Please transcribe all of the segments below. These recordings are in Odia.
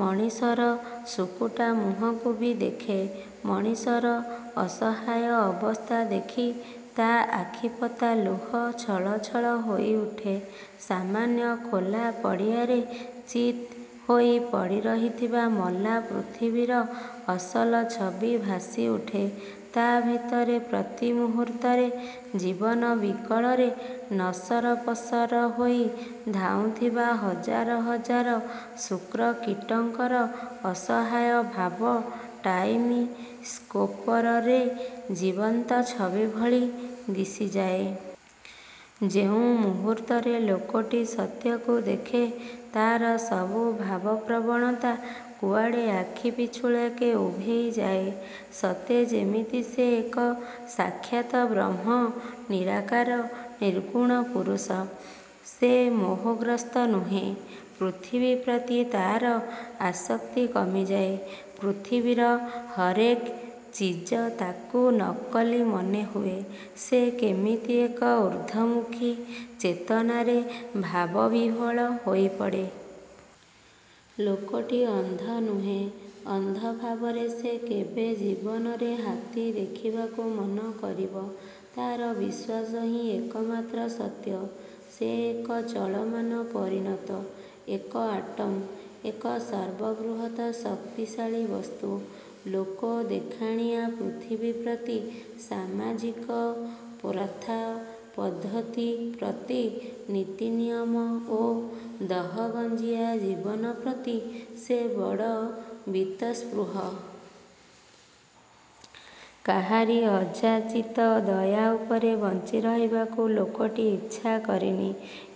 ମଣିଷର ସୁକୁଟା ମୁହଁକୁ ବି ଦେଖେ। ମଣିଷର ଅସହାୟ ଅବସ୍ଥା ଦେଖି ତା' ଆଖିପତା ଲୁହ ଛଳଛଳ ହୋଇଉଠେ। ସାମାନ୍ୟ ଖୋଲା ପଡ଼ିଆରେ ଚିତ୍ ହୋଇ ପଡ଼ିରହିଥିବା ମଲା ପୃଥିବୀର ଅସଲ ଛବି ଭାସିଉଠେ। ତା' ଭିତରେ ପ୍ରତି ମୁହୂର୍ତ୍ତରେ ଜୀବନ ବିକଳରେ ନସରପସର ହୋଇ ଧାଉଁଥିବା ହଜାର ହଜାର ଶୁକ୍ରକୀଟଙ୍କର ଅସହାୟ ଭାବ ଟାଇମ୍ ସ୍କୋପରରେ ଜୀବନ୍ତ ଛବି ଭଳି ଦିଶିଯାଏ। ଯେଉଁ ମୁହୂର୍ତ୍ତରେ ଲୋକଟି ସତ୍ୟକୁ ଦେଖେ ତା'ର ସବୁ ଭାବପ୍ରବଣତା କୁଆଡ଼େ ଆଖି ପିଛୁଳାକେ ଉଭେଇ ଯାଏ। ସତେ ଯେମିତି ସେ ଏକ ସାକ୍ଷାତ ବ୍ରହ୍ମ, ନିରାକାର, ନିର୍ଗୁଣ ପୁରୁଷ। ସେ ମୋହଗ୍ରସ୍ତ ନୁହେଁ। ପୃଥିବୀ ପ୍ରତି ତା'ର ଆସକ୍ତି କମିଯାଏ। ପୃଥିବୀର ହରେକ୍ ଚିଜ ତାକୁ ନକଲି ମନେହୁଏ, ସେ କେମିତି ଏକ ଊର୍ଦ୍ଧ୍ୱମୁଖୀ ଚେତନାରେ ଭାବବିହ୍ୱଳ ହୋଇପଡ଼େ। ଲୋକଟି ଅନ୍ଧନୁହେଁ। ଅନ୍ଧଭାବରେ ସେ କେବେ ଜୀବନରେ ହାତୀ ଦେଖିବାକୁ ମନ କରିବ। ତା'ର ବିଶ୍ୱାସ ହିଁ ଏକମାତ୍ର ସତ୍ୟ। ସେ ଏକ ଚଳମାନ ପରିଣତ। ଏକ ଆଟମ୍। ଏକ ସର୍ବ ବୃହତ୍ ଶକ୍ତିଶାଳୀ ବସ୍ତୁ। ଲୋକ ଦେଖାଣିଆ ପୃଥିବୀ ପ୍ରତି, ସାମାଜିକ ପ୍ରଥାପଦ୍ଧତି ପ୍ରତି, ନୀତିନିୟମ ଓ ଦହଗଞ୍ଜିଆ ଜୀବନ ପ୍ରତି ସେ ବଡ଼ ବୀତସ୍ପୃହ। କାହାରି ଅଯାଚିତ ଦୟାଉପରେ ବଞ୍ଚି ରହିବାକୁ ଲୋକଟି ଇଚ୍ଛା କରିନି।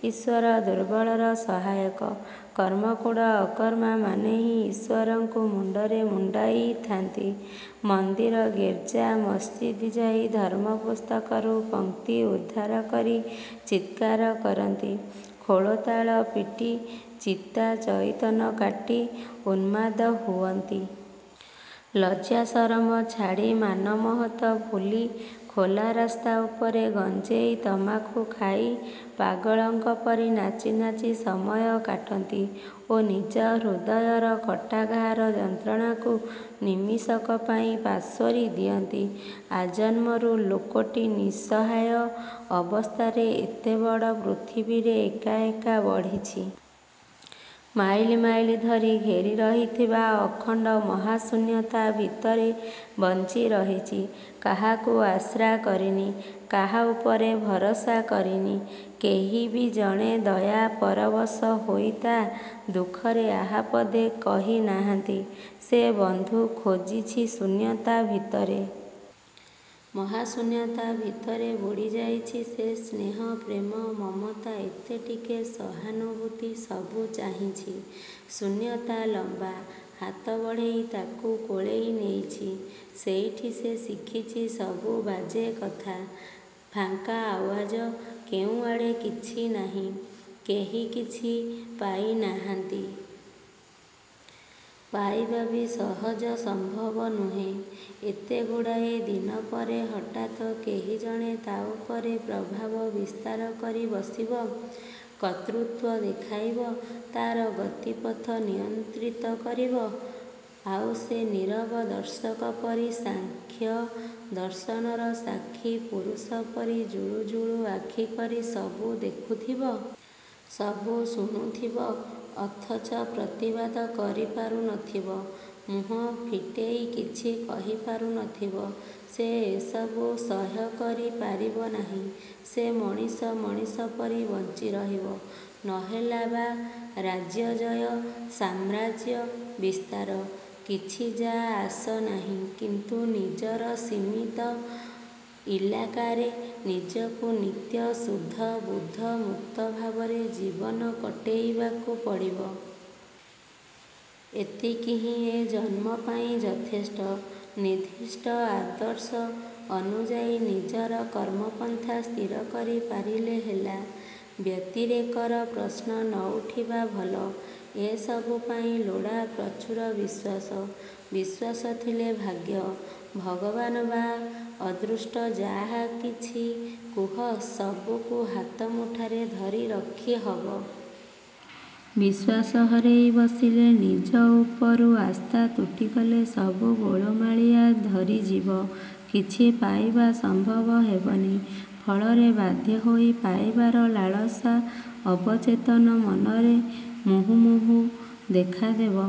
ଈଶ୍ୱର ଦୁର୍ବଳର ସହାୟକ। କର୍ମକୁଢ଼ ଅକର୍ମା ମାନେହିଁ ଈଶ୍ୱରଙ୍କୁ ମୁଣ୍ଡରେ ମୁଣ୍ଡେଇ ଥାନ୍ତି। ମନ୍ଦିର, ଗିର୍ଜା, ମସ୍ଜିଦ୍, ଯାଇ ଧର୍ମ ପୁସ୍ତକରୁ ପଂକ୍ତି ଉଦ୍ଧାର କରି ଚିତ୍କାର କରନ୍ତି। ଖୋଳତାଳ ପିଟି ଚିତାଚଇତନ କାଟି ଉନ୍ମାଦ ହୁଅନ୍ତି। ଲଜ୍ଜାସରମ ଛାଡ଼ି ମାନମହତ ଭୁଲି ଖୋଲା ରାସ୍ତା ଉପରେ ଗଞ୍ଜେଇ ତମାଖୁ ଖାଇ ପାଗଳଙ୍କ ପରି ନାଚି ନାଚି ସମୟ କାଟନ୍ତି ଓ ନିଜ ହୃଦୟର କଟା ଘା'ର ଯନ୍ତ୍ରଣାକୁ ନିମିଷକ ପାଇଁ ପାସୋରି ଦିଅନ୍ତି। ଆଜନ୍ମରୁ ଲୋକଟି ନିଃସହାୟ ଅବସ୍ଥାରେ ଏତେବଡ଼ ପୃଥିବୀରେ ଏକା ଏକା ବଢ଼ିଛି। ମାଇଲ୍ ମାଇଲ୍ ଧରି ଘେରିରହିଥିବା ଅଖଣ୍ଡ ମହାଶୂନ୍ୟତା ଭିତରେ ବଞ୍ଚି ରହିଛି। କାହାକୁ ଆଶ୍ରା କରିନି। କାହା ଉପରେ ଭରସା କରିନି-। କେହି ବି ଜଣେ ଦୟା ପରବଶ ହୋଇ ତା' ଦୁଃଖରେ ଆହା ପଦେ କହି ନାହାନ୍ତି-। ସେ ବନ୍ଧୁ ଖୋଜିଛି ଶୂନ୍ୟତା ଭିତରେ। ମହାଶୂନ୍ୟତା ଭିତରେ ବୁଡ଼ିଯାଇଛି। ସେ ସ୍ନେହ, ପ୍ରେମ, ମମତା ଏତେ ଟିକେ ସହାନୁଭୂତି ସବୁ ଚାହିଁଛି। ଶୂନ୍ୟତା ଲମ୍ବା ହାତ ବଢ଼େଇ ତାକୁ କୋଳେଇ ନେଇଛି-। ସେଇଠି ସେ ଶିଖିଛି ସବୁ ବାଜେ କଥା। ଫାଙ୍କା ଆଓ୍ୱାଜ। କେଉଁ ଆଡ଼େ କିଛି ନାହିଁ। କେହି କିଛି ପାଇନାହାନ୍ତି। ପାଇବା ବି ସହଜ ସମ୍ଭବ ନୁହେଁ। ଏତେଗୁଡ଼ାଏ ଦିନ ପରେ ହଠାତ୍ କେହି ଜଣେ ତା' ଉପରେ ପ୍ରଭାବ ବିସ୍ତାର କରି ବସିବ। କର୍ତ୍ତୃତ୍ୱ ଦେଖାଇବ। ତା'ର ଗତିପଥ ନିୟନ୍ତ୍ରିତ କରିବ। ଆଉ ସେ ନୀରବ ଦର୍ଶକ ପରି ସାଂଖ୍ୟ ଦର୍ଶନର ସାକ୍ଷୀ ପୁରୁଷ ପରି ଜୁଳୁ ଜୁଳୁ ଆଖି କରି ସବୁ ଦେଖୁଥିବ। ସବୁ ଶୁଣୁଥିବ। ଅଥଚ ପ୍ରତିବାଦ କରିପାରୁନଥିବ। ମୁହଁ ଫିଟେଇ କିଛି କହିପାରୁନଥିବ।। ସେ ଏସବୁ ସହ୍ୟ କରି ପାରିବ ନାହିଁ। ସେ ମଣିଷ, ମଣିଷ ପରି ବଞ୍ଚି ରହିବ। ନ ହେଲା ବା' ରାଜ୍ୟଜୟ। ସାମ୍ରାଜ୍ୟ ବିସ୍ତାର। କିଛି ଯା' ଆସ ନାହିଁ। କିନ୍ତୁ ନିଜର ସୀମିତ ଇଲାକାରେ ନିଜକୁ ନିତ୍ୟ-ଶୁଦ୍ଧ-ବୁଦ୍ଧ ମୁକ୍ତ ଭାବରେ ଜୀବନ କଟେଇବାକୁ ପଡ଼ିବ। ଏତିକି ହିଁ ଏ ଜନ୍ମ ପାଇଁ ଯଥେଷ୍ଟ। ନିର୍ଦ୍ଦିଷ୍ଟ ଆଦର୍ଶ ଅନୁଯାୟୀ ନିଜର କର୍ମ ପନ୍ଥା ସ୍ଥିର କରି ପାରିଲେ ହେଲା। ବ୍ୟତିରେକର ପ୍ରଶ୍ନ ନ ଉଠିବା ଭଲ। ଏ ସବୁ ପାଇଁ ଲୋଡ଼ା ପ୍ରଚୁର ବିଶ୍ୱାସ। ବିଶ୍ୱାସ ଥିଲେ ଭାଗ୍ୟ, ଭଗବାନ ବା ଅଦୃଷ୍ଟ-ଯା କିଛି କୁହ, ସବୁକୁ ହାତମୁଠାରେ ଧରି ରଖିହବ। ବିଶ୍ୱାସ ହରେଇ ବସିଲେ, ନିଜ ଉପରୁ ଆସ୍ଥା ତୁଟିଗଲେ ସବୁ ଗୋଳମାଳିଆ ଧରିଯିବ। କିଛି ପାଇବା ସମ୍ଭବ ହେବନି। ଫଳରେ ବାଧ୍ୟ ହୋଇ ପାଇବାର ଲାଳସା ଅବଚେତନ ମନରେ ମୁହୁର୍ମୁହୁଃ ଦେଖାଦେବ।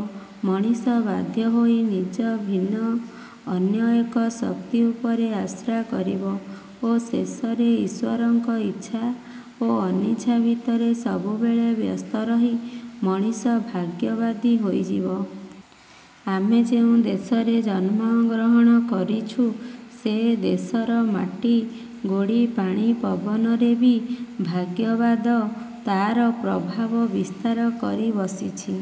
ମଣିଷ ବାଧ୍ୟହୋଇ ନିଜ ଭିନ୍ନ ଅନ୍ୟ ଏକ ଶକ୍ତି ଉପରେ ଆଶ୍ରା କରିବ ଓ ଶେଷରେ ଈଶ୍ୱରଙ୍କ ଇଚ୍ଛା ଓ ଅନିଚ୍ଛା ଭିତରେ ସବୁବେଳେ ବ୍ୟସ୍ତରହି ମଣିଷ ଭାଗ୍ୟବାଦୀ ହୋଇଯିବ। ଆମେ ଯେଉଁ ଦେଶରେ ଜନ୍ମଗ୍ରହଣ କରିଛୁ, ସେଦେଶର ମାଟି, ଗୋଡ଼ି ପାଣି ପବନରେ ବି ଭାଗ୍ୟବାଦ ତା'ର ପ୍ରଭାବ ବିସ୍ତାର କରି ବସିଛି।